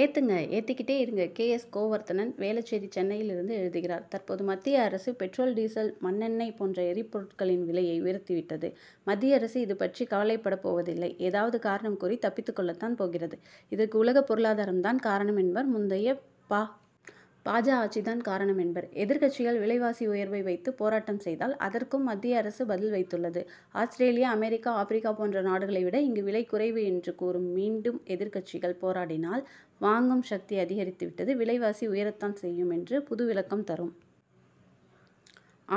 ஏத்துங்க, ஏத்திக்கிட்டே இருங்க K. S. Govardhanan, Velachery, சென்னையிலிருந்து எழுதுகிறார் தற்போது மத்திய அரசு, பெட்ரோல், டீசல், மண்ணெண்ணெய் போன்ற எரிபொருட்களின் விலையை உயர்த்திவிட்டது. மத்திய அரசு இதுபற்றி கவலைப்படப் போவதில்லை ஏதாவது காரணம் கூறி தப்பித்துக் கொள்ளத்தான் போகிறது. இதற்கு உலகப் பொருளாதாரம் தான் காரணம் என்பர் முந்தைய பா. ஜ., ஆட்சி தான் காரணம் என்பர். எதிர்க்கட்சிகள் விலைவாசி உயர்வை வைத்து போராட்டம் செய்தால், அதற்கும் மத்திய அரசு பதில் வைத்துள்ளதுஆஸ்திரேலியா, அமெரிக்கா, ஆப்ரிக்கா போன்ற நாடுகளைவிட, இங்கு விலை குறைவு என்று கூறும். மீண்டும் எதிர்க்கட்சிகள் போராடினால், வாங்கும் சக்தி அதிகரித்து விட்டது. விலைவாசி உயரத்தான் செய்யும் என்று புது விளக்கம் தரும்.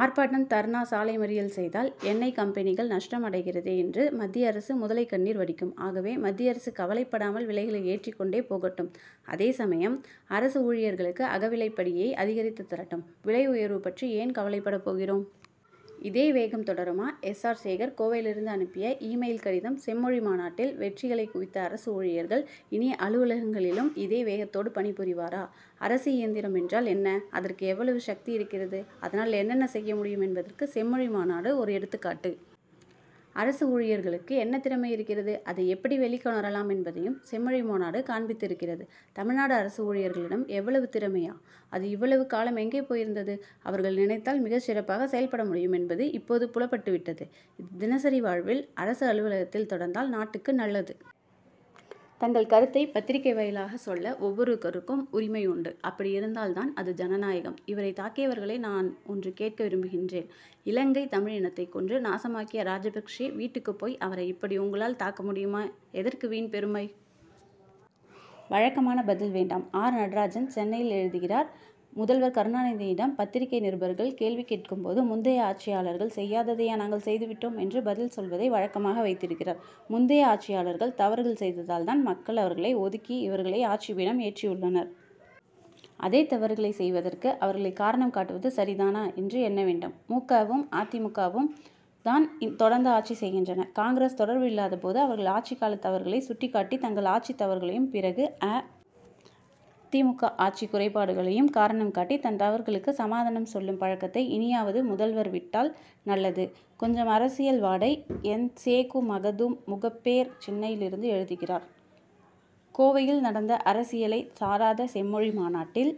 ஆர்ப்பாட்டம், தர்ணா, சாலை மறியல் செய்தால், எண்ணெய் கம்பெனிகள் நஷ்டம் அடைகிறதே என்று மத்திய அரசு முதலைக் கண்ணீர் வடிக்கும். ஆகவே, மத்திய அரசு கவலைப்படாமல் விலைகளை ஏற்றிக்கொண்டே போகட்டும். அதேசமயம், அரசு ஊழியர்களுக்கு அகவிலைப்படியை அதிகரித்துத் தரட்டும். விலை உயர்வு பற்றி ஏன் கவலைப்படப் போகிறோம். இதே வேகம் தொடருமா? எஸ். ஆர். சேகர், கோவையிலிருந்து அனுப்பிய, இ-மெயில் கடிதம் செம்மொழி மாநாட்டில் வெற்றிகளை குவித்த அரசு ஊழியர்கள், இனி அலுவலகங்களிலும் இதே வேகத்தோடு பணிபுரிவரா? அரசு இயந்திரம் என்றால் என்ன? அதற்கு எவ்வளவு சக்தி இருக்கிறதுஅதனால் என்னென்ன செய்ய முடியும் என்பதற்கு, செம்மொழி மாநாடு ஒரு எடுத்துக்காட்டு. அரசு ஊழியர்களுக்கு என்ன திறமை இருக்கிறது, அதை எப்படி வெளிக்கொணரலாம் என்பதையும், செம்மொழி மாநாடு காண்பித்திருக்கிறது. தமிழ்நாடு அரசு ஊழியர்களிடம் இவ்வளவு திறமையா? அது இவ்வளவு காலம் எங்கே போயிருந்தது? அவர்கள் நினைத்தால் மிகச் சிறப்பாக செயல்பட முடியும் என்பது இப்போது புலப்பட்டுவிட்டது. இது, தினசரி வாழ்வில், அரசு அலுவலகத்தில் தொடர்ந்தால் நாட்டுக்கு நல்லது! தங்கள் கருத்தை பத்திரிகை வாயிலாக சொல்ல, ஒவ்வொருவருக்கும் உரிமை உண்டு. அப்படி இருந்தால் தான், அது, ஜனநாயகம். இவரை தாக்கியவர்களை, நான் ஒன்று கேட்க விரும்புகிறேன்இலங்கைத் தமிழ் இனத்தை கொன்று நாசமாக்கிய ராஜபக்ஷே வீட்டுக்கு போய், அவரை இப்படி உங்களால் தாக்க முடியுமா? எதற்கு வீண் பெருமை. வழக்கமான பதில் வேண்டாம் ஆர். நடராஜன், சென்னையில் எழுதுகிறார் முதல்வர் கருணாநிதியிடம் பத்திரிகை நிருபர்கள் கேள்வி கேட்கும் போது, முந்தைய ஆட்சியாளர்கள் செய்யாததையா நாங்கள் செய்து விட்டோம் என்று பதில் சொல்வதை வழக்கமாக வைத்திருக்கிறார். முந்தைய ஆட்சியாளர்கள் தவறுகள் செய்ததால் தான், மக்கள் அவர்களை ஒதுக்கி, இவர்களை ஆட்சிபீடம் ஏற்றி உள்ளனர். அதே தவறுகளை செய்வதற்கு, அவர்களை காரணம் காட்டுவது சரி தானா என்று எண்ண வேண்டும். மு. க.,வும் அ. தி. மு. க., வும், தான் தொடர்ந்து ஆட்சி செய்கின்றன. காங்கிரஸ் தொடர்பு இல்லாத போது, அவர்கள் ஆட்சி கால தவறுகளை சுட்டிக் காட்டி, தங்கள் ஆட்சி தவறுகளையும், பிறகு அ. தி. மு. க., ஆட்சி குறைபாடுகளையும் காரணம் காட்டி, தன் தவறுகளுக்கு சமாதானம் சொல்லும் பழக்கத்தை, இனியாவது முதல்வர் விட்டால் நல்லது. கொஞ்சம் அரசியல் வாடை! என். சேகு மகதும், முகப்பேர், சென்னையிலிருந்து எழுதுகிறார் கோவையில் நடந்த அரசியலைச் சாராத செம்மொழி மாநாட்டில்,